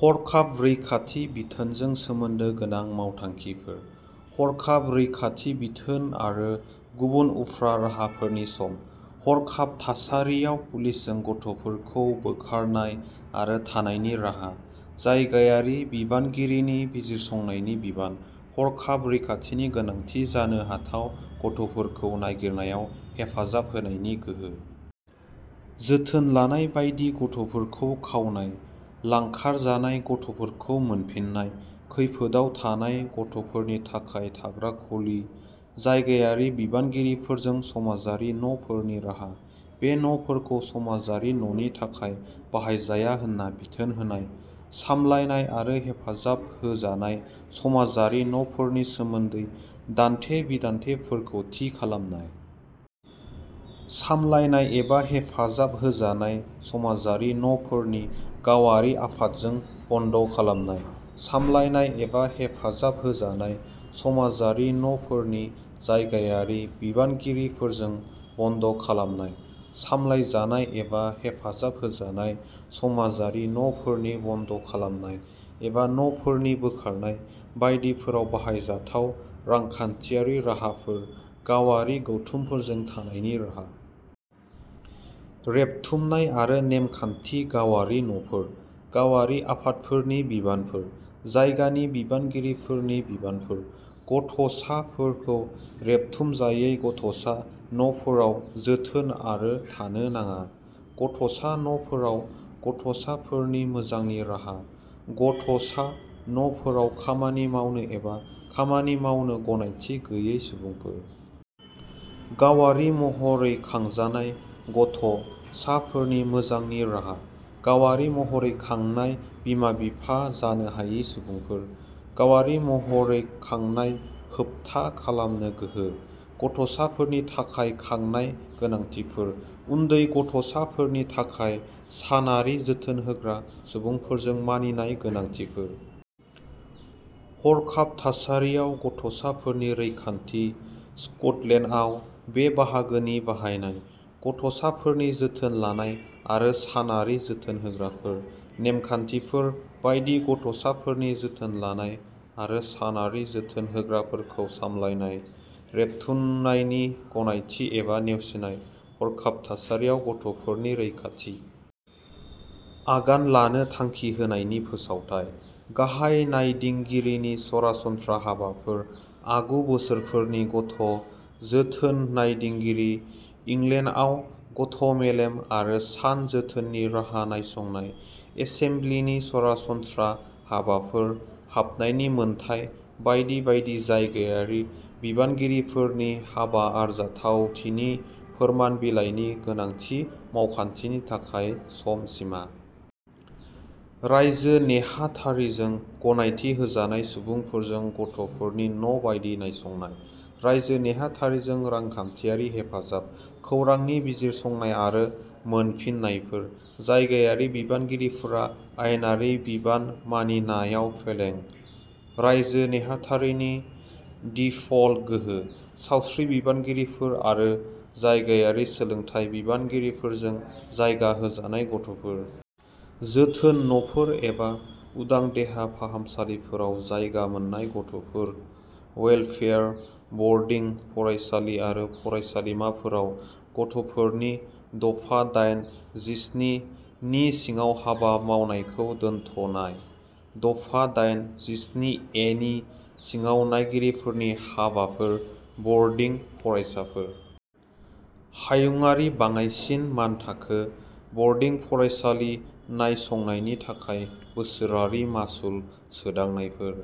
हरखाब रैखाथि बिथोनजों सोमोन्दो गोनां मावथांखिफोर। हरखाब रैखाथि बिथोन आरो गुबुन उफ्रा राहाफोरनि सम। हरखाब थासारियाव पुलिसजों गथ'फोरखौ बोखारनाय आरो थानायनि राहा। जायगायारि बिबानगिरिनि बिजिरसंनायनि बिबान। हरखाब रैखाथिनि गोनांथि जानो हाथाव गथ'फोरखौ नागिरनायाव हेफाजाब होनायनि गोहो। जोथोन लानाय बायदि गथ'फोरखौ खावनाय। लांखारजानाय गथ'फोरखौ मोनफिननाय। खैफोदाव थानाय गथ'फोरनि थाखाय थाग्रा खुलि। जायगायारि बिबानगिरिफोरजों समाजारि न'फोरनि राहा। बे न'फोरखौ समाजारि न'नि थाखाय बाहायजाया होनना बिथोन होनाय। सामलायनाय आरो हेफाजाब होजानाय समाजारि न'फोरनि सोमोन्दै दान्थे-बिदान्थेफोरखौ थि खालामनाय। सामलायनाय एबा हेफाजाब होजानाय समाजारि न'फोरनि गावआरि आफादजों बन्द'खालामनाय। सामलायनाय एबा हेफाजाब होजानाय समाजारि न'फोरनि जायगायारि बिबानगिरिजों बन्द'खालामनाय। सामलायजानाय एबा हेफाजाब होजानाय समाजारि न'फोरनि बन्द'खालामनाय एबा न'फोरनि बोखारनाय बायदिफोराव बाहायजाथाव रांखान्थियारि राहाफोर। गावआरि गौथुमफोरजों थानायनि राहा। रेबथुमनाय आरो नेमखान्थि गावआरि न’फोर। गावआरि आफादफोरनि बिबानफोर। जायगानि बिबानगिरिफोरनि बिबानफोर। गथ’ साफोरखौ रेबथुमजायै गथ’सा न’फोराव जोथोन आरो थानो नाङा। गथ’सा न’फोराव गथ’साफोरनि मोजांनि राहा। गथ सा न’ फोराव खामानि मावनो एबा खामानि मावनो गनायथि गैयै सुबुंफोर। गावारि महरै खांजानाय गथ’ साफोरनि मोजांनि राहा। गावारि महरै खांनाय बिमा-बिफा जानो हायि सुबुंफोर। गावारि महरै खांनाय होबथा खालामनो गोहो। गथ’साफोरनि थाखाय खांनाय गोनांथिफोर। उन्दै गथ’साफोरनि थाखाय सानारि जोथोन होग्रा सुबुंफोरजों मानिनाय गोनांथिफोर। हरखाब थासारियाव गथ’साफोरनि रैखाथि। स्कटलेन्डआव बे बाहागोनि बाहायनाय। गथ’साफोरनि जोथोन लानाय आरो सानारि जोथोन होग्राफोर। नेमखान्थिफोर बायदि गथ’साफोरनि जोथोन लानाय आरो सानारि जोथोन होग्राफोरखौ सामलायनाय। रेबथुमनायनि गनायथि एबा नेवसिनाय। हरखाब थासारियाव गथ’साफोरनि रैखाथि। आगान लानो थांखि होनायनि फोसावथाइ। गाहाय नायदिंगिरिनि सरासनस्रा हाबाफोर आगु बोसोरफोरनि गथ’ जोथोन नायदिंगिरि इंलेन्डआव गथ’ मेलेम आरो सान जोथोननि राहा नायसंनाय एसेमब्लिनि सरासनस्रा हाबाफोर हाबनायनि मोनथाय बायदि बायदि जायगायारि बिबानगिरिफोरनि हाबा आरजाथावथिनि फोरमान बिलाइनि गोनांथि मावखान्थिनि थाखाय सम सिमा। रायजो नेहाथारिजों गनायथि होजानाय सुबुंफोरजों गथ’फोरनि न’ बायदि नायसंनाय। रायजो नेहाथारिजों रांखान्थियारि हेफाजाब। खौरांनि बिजिरसंनाय आरो मोनफिन्नायफोर। जायगायारि बिबानगिरिफोरा आयेनारि बिबान मानिनायाव फेलें। रायजो नेहाथारिनि दिफल्ट गोहो। सावस्रि बिबानगिरिफोर आरो जायगायारि सोलोंथाय बिबानगिरिफोरजों जायगा होजानाय गथ’फोर। जोथोन न’फोर एबा उदां देहा फाहामसालिफोराव जायगा मोन्नाय गथ’फोर। वेलफेयार बरडिं फरायसालि आरो फरायसालिमाफोराव गथ’फोरनि। दफा दाइन जिस्नि नि सिङाव हाबा मावनायखौ दोनथ "नाय। दफा दाइन जिस्नि ए नि सिङाव नायगिरिफोरनि हाबाफोर। बरडिं फरायसालिफोर। हायुंआरि बाङाइसिन मानथाखो। बरडिं फरायसालि नायसंनायनि थाखाय बोसोरारि मासुल। सोदांनायफोर